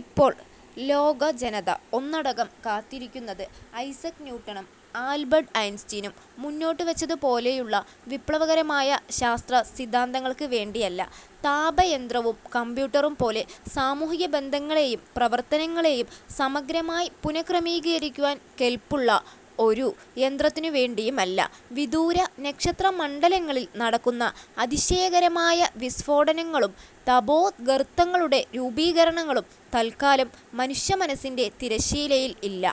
ഇപ്പോൾ ലോകജനത ഒന്നടങ്കം കാത്തിരിക്കുന്നത് ഐസക് ന്യൂട്ടനും ആൽബർട്ട് ഐൻസ്റ്റീനും മുന്നോട്ടുവച്ചതുപോലെയുള്ള വിപ്ലവകരമായ ശാസ്ത്രസിദ്ധാന്തങ്ങൾക്ക് വേണ്ടിയല്ല. താപയന്ത്രവും കമ്പ്യൂട്ടറും പോലെ സാമൂഹിക ബന്ധങ്ങളെയും പ്രവർത്തനങ്ങളെയും സമഗ്രമായി പുനഃക്രമീകരിക്കുവാൻ കെൽപ്പുള്ള ഒരു യന്ത്രത്തിനുവേണ്ടിയും അല്ല. വിദൂര നക്ഷത്രമണ്ഡലങ്ങളിൽ നടക്കുന്ന അതിശയകരമായ വിസ്ഫോടനങ്ങളും തബോഗർത്തങ്ങളുടെ രൂപീകരണങ്ങളും തൽക്കാലം മനുഷ്യമനസ്സിൻ്റെ തിരശ്ശീലയിൽ ഇല്ല.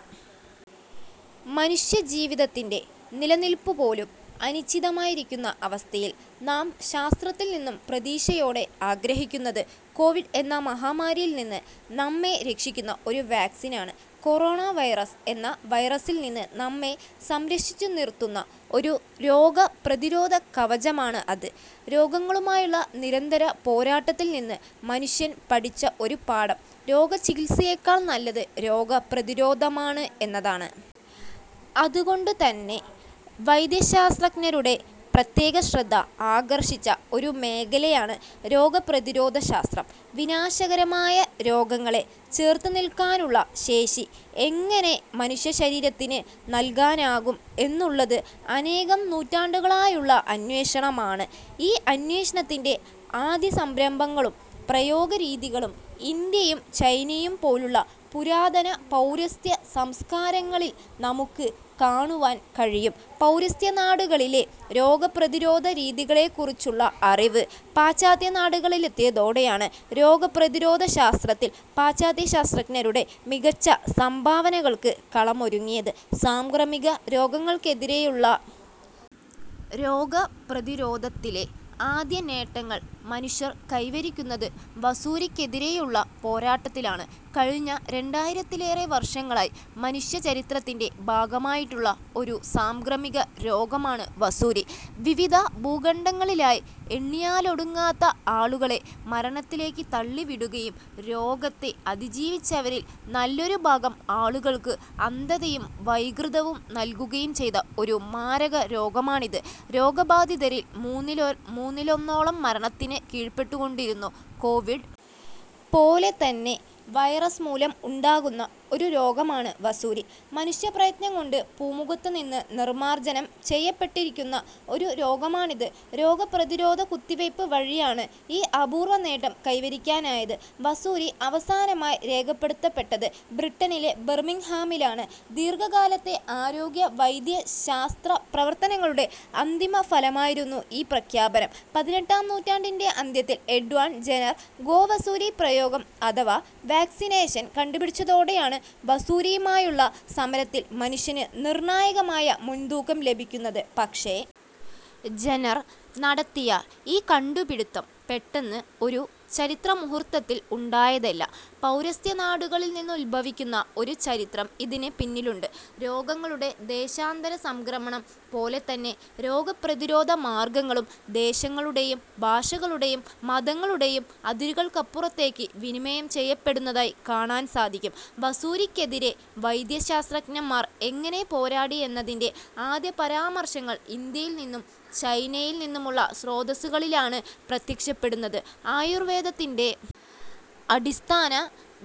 മനുഷ്യജീവിതത്തിൻ്റെ നിലനിൽപ്പുപോലും അനിശ്ചിതമായിരിക്കുന്ന അവസ്ഥയിൽ നാം ശാസ്ത്രത്തിൽനിന്നും പ്രതീക്ഷയോടെ ആഗ്രഹിക്കുന്നത് കോവിഡ് എന്ന മഹാമാരിയിൽനിന്ന് നമ്മെ രക്ഷിക്കുന്ന ഒരു വാക്സിനാണ്. കൊറോണ വൈറസ് എന്ന വൈറസിൽനിന്ന് നമ്മെ സംരക്ഷിച്ചുനിർത്തുന്ന ഒരു രോഗപ്രതിരോധ കവചമാണ് അത്. രോഗങ്ങളുമായുള്ള നിരന്തര പോരാട്ടത്തിൽ നിന്ന് മനുഷ്യൻ പഠിച്ച ഒരു പാഠം രോഗചികിത്സയേക്കാൾ നല്ലത് രോഗപ്രതിരോധമാണ് എന്നതാണ്. അതുകൊണ്ടുതന്നെ വൈദ്യശാസ്ത്രജ്ഞരുടെ പ്രത്യേകശ്രദ്ധ ആകർഷിച്ച ഒരു മേഖലയാണ് രോഗപ്രതിരോധശാസ്ത്രം. വിനാശകരമായ രോഗങ്ങളെ ചെറുത്തുനിൽക്കാനുള്ള ശേഷി എങ്ങനെ മനുഷ്യശരീരത്തിന് നൽകാനാകും എന്നുള്ളത് അനേകം നൂറ്റാണ്ടുകളായുള്ള അന്വേഷണമാണ്. ഈ അന്വേഷണത്തിൻ്റെ ആദ്യസംരംഭങ്ങളും പ്രയോഗരീതികളും ഇന്ത്യയും ചൈനയും പോലുള്ള പുരാതന പൗരസ്ത്യ സംസ്കാരങ്ങളിൽ നമുക്ക് കാണുവാൻ കഴിയും. പൗരസ്ത്യനാടുകളിലെ രോഗപ്രതിരോധരീതികളെക്കുറിച്ചുള്ള അറിവ് പാശ്ചാത്യനാടുകളിലെത്തിയതോടെയാണ് രോഗപ്രതിരോധശാസ്ത്രത്തിൽ പാശ്ചാത്യശാസ്ത്രജ്ഞരുടെ മികച്ച സംഭാവനകൾക്ക് കളമൊരുങ്ങിയത്. സാംക്രമികരോഗങ്ങൾക്കെതിരെയുള്ള രോഗപ്രതിരോധത്തിലെ ആദ്യനേട്ടങ്ങൾ മനുഷ്യർ കൈവരിക്കുന്നത് വസൂരിക്കെതിരെയുള്ള പോരാട്ടത്തിലാണ്. കഴിഞ്ഞ രണ്ടായിരത്തിലേറെ വർഷങ്ങളായി മനുഷ്യചരിത്രത്തിൻ്റെ ഭാഗമായിട്ടുള്ള ഒരു സാംക്രമികരോഗമാണ് വസൂരി. വിവിധ ഭൂഖണ്ഡങ്ങളിലായി എണ്ണിയാലൊടുങ്ങാത്ത ആളുകളെ മരണത്തിലേക്ക് തള്ളിവിടുകയും രോഗത്തെ അതിജീവിച്ചവരിൽ നല്ലൊരു ഭാഗം ആളുകൾക്ക് അന്ധതയും വൈകൃതവും നൽകുകയും ചെയ്ത ഒരു മാരകരോഗമാണിത്. രോഗബാധിതരിൽ മൂന്നിലൊ മൂന്നിലൊന്നോളം മരണത്തിന് കീഴ്പ്പെട്ടുകൊണ്ടിരുന്നു. കോവിഡ് പോലെതന്നെ വൈറസ് മൂലം ഉണ്ടാകുന്ന ഒരു രോഗമാണ് വസൂരി. മനുഷ്യപ്രയത്നം കൊണ്ട് ഭൂമുഖത്തുനിന്ന് നിർമ്മാർജനം ചെയ്യപ്പെട്ടിരിക്കുന്ന ഒരു രോഗമാണിത്. രോഗപ്രതിരോധ കുത്തിവയ്പ്പ് വഴിയാണ് ഈ അപൂർവനേട്ടം കൈവരിക്കാനായത്. വസൂരി അവസാനമായി രേഖപ്പെടുത്തപ്പെട്ടത് ബ്രിട്ടനിലെ ബർമിംഗ്ഹാമിലാണ്. ദീർഘകാലത്തെ ആരോഗ്യ വൈദ്യശാസ്ത്ര പ്രവർത്തനങ്ങളുടെ അന്തിമഫലമായിരുന്നു ഈ പ്രഖ്യാപനം. പതിനെട്ടാം നൂറ്റാണ്ടിൻ്റെ അന്ത്യത്തിൽ എഡ്വാർഡ് ജെന്നർ ഗോവസൂരിപ്രയോഗം അഥവാ വാക്സിനേഷൻ കണ്ടുപിടിച്ചതോടെയാണ് വസൂരിയുമായുള്ള സമരത്തിൽ മനുഷ്യന് നിർണായകമായ മുൻതൂക്കം ലഭിക്കുന്നത്. പക്ഷേ ജെന്നർ നടത്തിയ ഈ കണ്ടുപിടിത്തം പെട്ടെന്ന് ഒരു ചരിത്രമുഹൂർത്തത്തിൽ ഉണ്ടായതല്ല. പൗരസ്ത്യനാടുകളിൽനിന്നുത്ഭവിക്കുന്ന ഒരു ചരിത്രം ഇതിന് പിന്നിലുണ്ട്. രോഗങ്ങളുടെ ദേശാന്തരസംക്രമണം പോലെത്തന്നെ രോഗപ്രതിരോധ മാർഗങ്ങളും ദേശങ്ങളുടെയും ഭാഷകളുടെയും മതങ്ങളുടെയും അതിരുകൾക്കപ്പുറത്തേക്ക് വിനിമയം ചെയ്യപ്പെടുന്നതായി കാണാൻ സാധിക്കും. വസൂരിക്കെതിരെ വൈദ്യശാസ്ത്രജ്ഞന്മാർ എങ്ങനെ പോരാടി എന്നതിൻ്റെ ആദ്യപരാമർശങ്ങൾ ഇന്ത്യയിൽനിന്നും ചൈനയിൽനിന്നുമുള്ള സ്രോതസ്സുകളിലാണ് പ്രത്യക്ഷപ്പെടുന്നത്. ആയുർവേദത്തിൻ്റെ അടിസ്ഥാന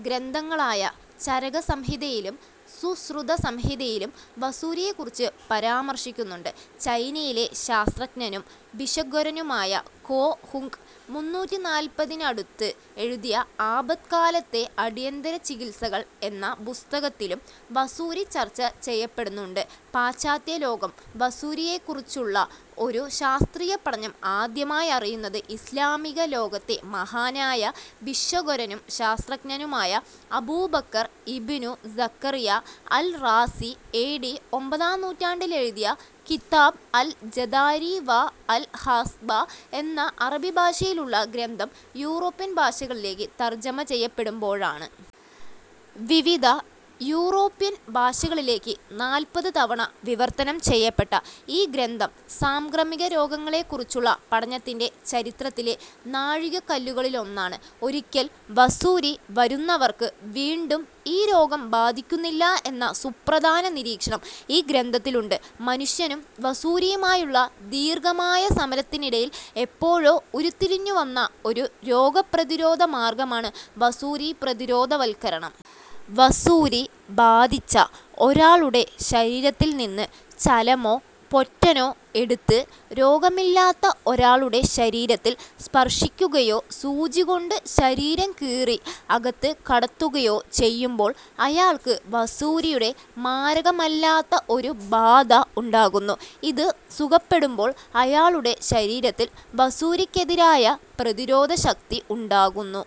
ഗ്രന്ഥങ്ങളായ ചരകസംഹിതയിലും സുശ്രുതസംഹിതയിലും വസൂരിയെക്കുറിച്ച് പരാമർശിക്കുന്നുണ്ട്. ചൈനയിലെ ശാസ്ത്രജ്ഞനും ഭിഷഗ്വരനുമായ കോ ഹുംഗ് മുന്നൂറ്റിനാൽപ്പതിനു അടുത്ത് എഴുതിയ ആപത്കാലത്തെ അടിയന്തര ചികിത്സകൾ എന്ന പുസ്തകത്തിലും വസൂരി ചർച്ച ചെയ്യപ്പെടുന്നുണ്ട്. പാശ്ചാത്യലോകം വസൂരിയെക്കുറിച്ചുള്ള ഒരു ശാസ്ത്രീയപഠനം ആദ്യമായി അറിയുന്നത് ഇസ്ലാമിക ലോകത്തെ മഹാനായ ഭിഷഗ്വരനും ശാസ്ത്രജ്ഞനുമായ Abu Bakr ibn Zakariya al Razi A D ഒമ്പതാം നൂറ്റാണ്ടിലെഴുതിയ കിതാബ് അൽ ജദാരി വാ അൽ ഹാസ്ബ എന്ന അറബിഭാഷയിലുള്ള ഗ്രന്ഥം യൂറോപ്യൻ ഭാഷകളിലേക്ക് തർജ്ജമ ചെയ്യപ്പെടുമ്പോഴാണ്. വിവിധ യൂറോപ്യൻ ഭാഷകളിലേക്ക് നാൽപ്പത് തവണ വിവർത്തനം ചെയ്യപ്പെട്ട ഈ ഗ്രന്ഥം സാംക്രമികരോഗങ്ങളെക്കുറിച്ചുള്ള പഠനത്തിൻ്റെ ചരിത്രത്തിലെ നാഴികക്കല്ലുകളിലൊന്നാണ്. ഒരിക്കൽ വസൂരി വരുന്നവർക്ക് വീണ്ടും ഈ രോഗം ബാധിക്കുന്നില്ല എന്ന സുപ്രധാന നിരീക്ഷണം ഈ ഗ്രന്ഥത്തിലുണ്ട്. മനുഷ്യനും വസൂരിയുമായുള്ള ദീർഘമായ സമരത്തിനിടയിൽ എപ്പോഴോ ഉരുത്തിരിഞ്ഞുവന്ന ഒരു രോഗപ്രതിരോധ മാർഗമാണ് വസൂരി പ്രതിരോധവൽക്കരണം. വസൂരി ബാധിച്ച ഒരാളുടെ ശരീരത്തിൽനിന്ന് ചലമോ പൊറ്റനോ എടുത്ത് രോഗമില്ലാത്ത ഒരാളുടെ ശരീരത്തിൽ സ്പർശിക്കുകയോ സൂചികൊണ്ട് ശരീരം കീറി അകത്ത് കടത്തുകയോ ചെയ്യുമ്പോൾ അയാൾക്ക് വസൂരിയുടെ മാരകമല്ലാത്ത ഒരു ബാധ ഉണ്ടാകുന്നു. ഇത് സുഖപ്പെടുമ്പോൾ അയാളുടെ ശരീരത്തിൽ വസൂരിക്കെതിരായ പ്രതിരോധശക്തി ഉണ്ടാകുന്നു.